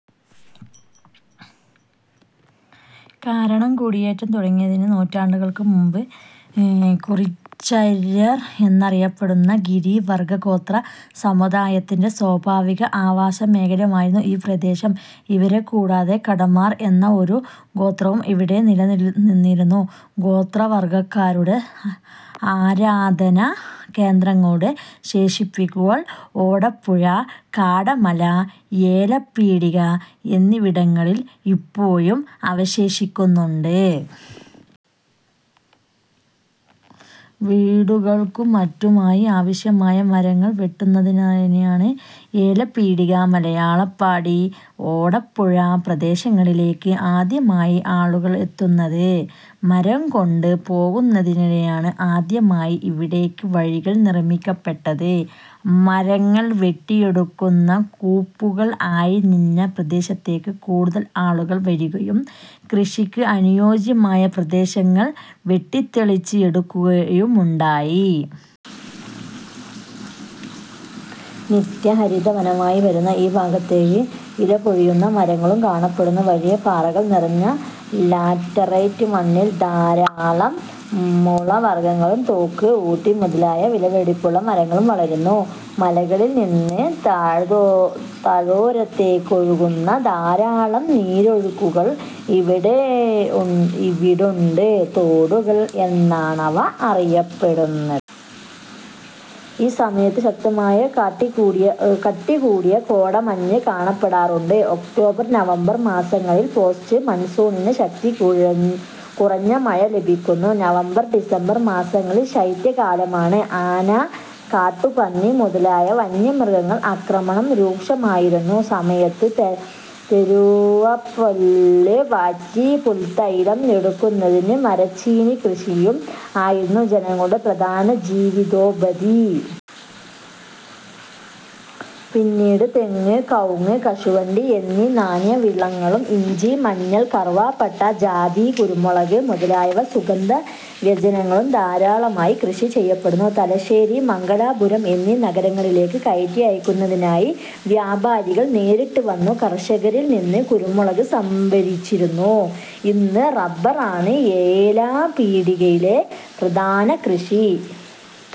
കാരണം കുടിയേറ്റം തുടങ്ങുന്നതിനും നൂറ്റാണ്ടുകൾക്ക് മുൻപ് കുറിച്യർ എന്നറിയപ്പെടുന്ന ഗിരി വർഗ്ഗ ഗോത്ര സമുദായത്തിന്റെ സ്വാഭാവിക ആവാസ മേഖലയായിരുന്നു ഈ പ്രദേശം. ഇവരെ കൂടാതെ കാടന്മാർ എന്ന ഒരു ഗോത്രവും ഇവിടെ നിലനിന്നിരുന്നു. ഗോത്ര വർഗ്ഗക്കാരുടെ ആരാധന കേന്ദ്രങ്ങളുടെ ശേഷിപ്പുകൾ ഓടപ്പുഴ, കാടന്മല, ഏലപ്പീടിക എന്നിവിടങ്ങളിൽ ഇപ്പോഴും അവശേഷിക്കുന്നുണ്ട്. വീടുകൾക്കും മറ്റുമായി ആവശ്യമായ മരങ്ങൾ വെട്ടുന്നതിനായാണ് ഏലപീടിക, മലയാംപടി, ഓടപ്പുഴ പ്രദേശങ്ങളിലേക്ക് ആദ്യമായി ആളുകൾ എത്തുന്നത്. മരം കൊണ്ട് പോകുന്നതിനായാണ് ആദ്യമായി ഇവിടേക്ക് വഴികൾ നിർമ്മിക്കപെട്ടത്. മരങ്ങൾ വെട്ടിയെടുക്കുന്ന കൂപ്പുകൾ ആയി നിന്ന പ്രദേശത്തേക്ക് കൂടുതൽ ആളുകൾ വരികയും കൃഷിക്ക് അനുയോജ്യമായ പ്രദേശങ്ങൾ വെട്ടിത്തെളിച്ച് എടുക്കുകയുമുണ്ടായി. നിത്യ ഹരിത വനമായി വരുന്ന ഈ ഭാഗത്ത് ഇലപൊഴിയുന്ന മരങ്ങളും കാണപ്പെടുന്നു, വലിയ പാറകൾ നിറഞ്ഞ ലാറ്ററൈറ്റ് മണ്ണിൽ ധാരാളം മുള വർഗ്ഗങ്ങളും തേക്ക്, ഈട്ടി മുതലായ വിലപിടിപ്പുള്ള മരങ്ങളും വളരുന്നു. മലകളിൽ നിന്നും താഴ്വാരതേക്ക് ഒഴുകുന്ന ധാരാളം നീരൊഴുക്കുകൾ ഇവിടുണ്ട്, തോടുകൾ എന്നാണ് ഇവ അറിയപ്പെടുന്നത്. ഈ സമയത്ത് ശക്തമായ കട്ടികൂടിയ കോടമഞ്ഞും കാണപ്പെടാറുണ്ട്. ഒക്ടോബർ നവംബർ മാസങ്ങളിൽ പോസ്റ്റ് മൺസൂണിൽ ശക്തി കുറഞ്ഞ മഴ ലഭിക്കുന്നു. നവംബർ ഡിസംബർ മാസങ്ങളിൽ ശൈത്യ കാലമാണ്. ആന, കാട്ടുപന്നി മുതലായ വന്യമൃഗങ്ങളുടെ ആക്രമണം രൂക്ഷമായിരുന്ന സമയത്ത് തെരുവപ്പുല്ല് വാറ്റി പുൽത്തൈലം എടുക്കുന്നതും മരച്ചീനിക്കൃഷിയും ആയിരുന്നു ജനങ്ങളുടെ പ്രധാന ജീവിതോപാധി. പിന്നീട് തെങ്ങ്, കവുങ്ങ്, കശുവണ്ടി എന്നീ നാണ്യ വിളകളും ഇഞ്ചി, മഞ്ഞൾ, കറുവപ്പട്ട, ജാതി, കുരുമുളക് മുതലായ സുഗന്ധ വ്യഞ്ജനങ്ങളും ധാരാളമായി കൃഷി ചെയ്യപ്പെട്ടു. തലശ്ശേരി, മംഗലാപുരം എന്നീ നഗരങ്ങളിലേക്ക് കയറ്റി അയക്കുന്നതിനായി വ്യാപാരികൾ നേരിട്ട് വന്നു കർഷകരിൽ നിന്നും കുരുമുളക് സംഭരിച്ചിരുന്നു. ഇന്ന് റബ്ബർ ആണ് ഏലപീടികയിലെ പ്രധാന കൃഷി.